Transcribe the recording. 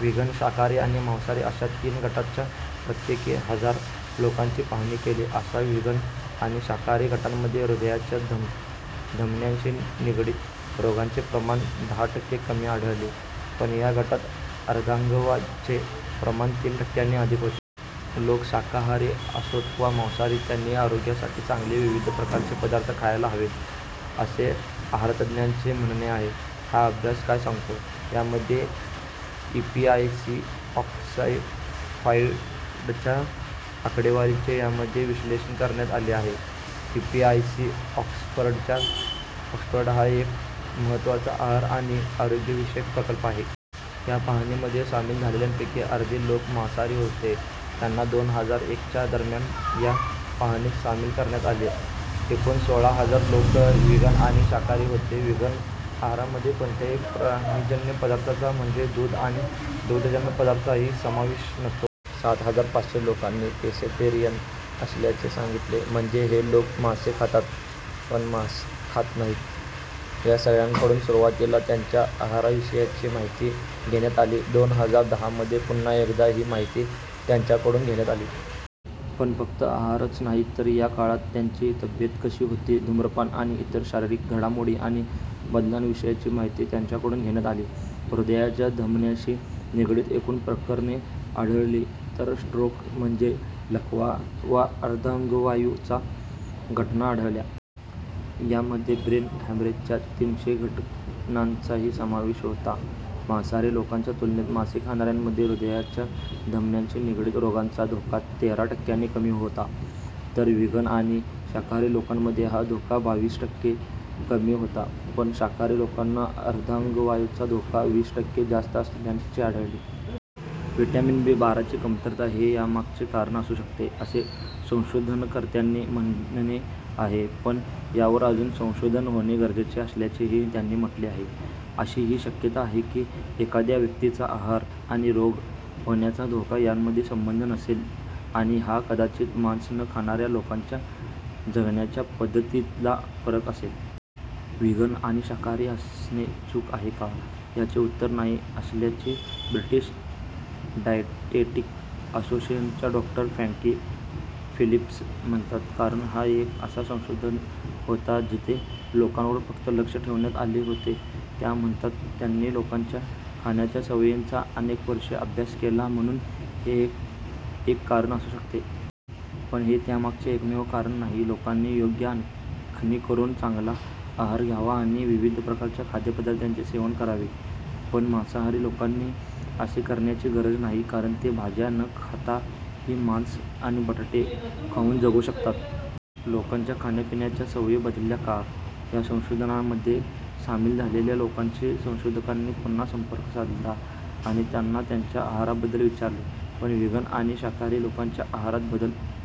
Vegan, शाकाहारी आणि मांसाहारी अशा तीन गटांच्या प्रत्येकी हजार लोकांची पाहणी केली असता व्हिगन आणि शाकाहारी गटांमध्ये हृदयाच्या धमन्यांशी निगडित रोगांचे प्रमाण दहा टक्के कमी आढळले. पण या गटात अर्धांगवायूचे प्रमाण तीन टक्क्यांनी अधिक होते. लोक शाकाहारी असोत वा मांसाहारी त्यांनी आरोग्यासाठी चांगले विविध प्रकारचे पदार्थ खायला हवेत असे आहारतज्ज्ञांचे म्हणणे आहे. हा अभ्यास काय सांगतो? यामध्ये ईपीआयसी-ऑक्सफर्डच्या आकडेवारीचे यामध्ये विश्लेषण करण्यात आले आहे. ईपीआयसी-ऑक्सफर्ड हा एक महत्त्वाचा आहार आणि आरोग्यविषयक प्रकल्प आहे. या पाहणीमध्ये सामील झालेल्यांपैकी अर्धे लोक मांसाहारी होते. त्यांना दोन हजार एकच्या दरम्यान या पाहणीत सामील करण्यात आले. एकूण सोळा हजार लोक व्हिगन आणि शाकाहारी होते. व्हिगन आहारामध्ये कोणत्याही प्राणीजन्य पदार्थांचा म्हणजे दूध आणि दुग्धजन्य पदार्थांचाही समावेश नसतो. सात हजार पाचशे लोकांनी पेसेटेरियन असल्याचे सांगितले. म्हणजे हे लोक मासे खातात पण मांस खात नाहीत. या सगळ्यांकडून सुरवातीला त्यांच्या आहाराविषयीची माहिती घेण्यात आली. दोन हजार दहामध्ये पुन्हा एकदा ही माहिती त्यांच्याकडून घेण्यात आली. पण फक्त आहारच नाही तर या काळात त्यांची तब्येत कशी होती, धूम्रपान आणि इतर शारीरिक घडामोडी आणि बदलांविषयीची माहिती त्यांच्याकडून घेण्यात आली. हृदयाच्या धमन्याशी निगडित एकूण प्रकरणे आढळली. तर स्ट्रोक म्हणजे लकवा वा अर्धांगवायूच्या घटना आढळल्या. यामध्ये ब्रेन हॅमरेजच्या तीनशे घटनांचाही समावेश होता. मांसाहारी लोकांच्या तुलनेत मासे खाणाऱ्यांमध्ये हृदयाच्या धमन्यांशी निगडित रोगांचा धोका तेरा टक्क्यांनी कमी होता. तर व्हिगन आणि शाकाहारी लोकांमध्ये हा धोका बावीस टक्के कमी होता. पण शाकाहारी लोकांना अर्धांगवायूचा धोका वीस टक्के जास्त असल्याचे आढळले. व्हिटॅमिन बी-बाराची कमतरता हे यामागचे कारण असू शकते असे संशोधनकर्त्यांचे म्हणणे आहे. पण यावर अजून संशोधन होणे गरजेचे असल्याचेही त्यांनी म्हटले आहे. अशी ही शक्यता आहे कि एखाद्या व्यक्तीचा आहार आणि रोग होण्याचा धोका यामध्ये संबंध नसेल आणि हा कदाचित मांस न खाणाऱ्या लोकांच्या जगण्याच्या पद्धतींतला फरक असेल. व्हिगन आणि शाकाहारी असणे चूक आहे का? याचे उत्तर 'नाही' असल्याचे ब्रिटिश डाएटेटिक असोसिएशनच्या डॉ. फ्रँकी फिलिप्स म्हणतात. कारण हा एक असा संशोधन होता जिथे लोकांवर फक्त लक्ष ठेवण्यात आले होते. त्या म्हणतात, "त्यांनी लोकांच्या खाण्याच्या सवयींचा अनेक वर्षे अभ्यास केला म्हणून हे एक कारण असू शकते. पण हे त्यामागचे एकमेव कारण नाही." "लोकांनी योग्य आखणी करून चांगला आहार घ्यावा आणि विविध प्रकारच्या खाद्यपदार्थांचे सेवन करावे. पण मांसाहारी लोकांनी असे करण्याची गरज नाही. कारण ते भाज्या न खाताही मांस आणि बटाटे खाऊन जगू शकतात." लोकांच्या खाण्यापिण्याच्या सवयी बदलल्या का? या संशोधनामध्ये सामील झालेल्या लोकांशी संशोधकांनी पुन्हा संपर्क साधला आणि त्यांना त्यांच्या आहाराबद्दल विचारले. पण व्हिगन आणि शाकाहारी लोकांच्या आहारात बदल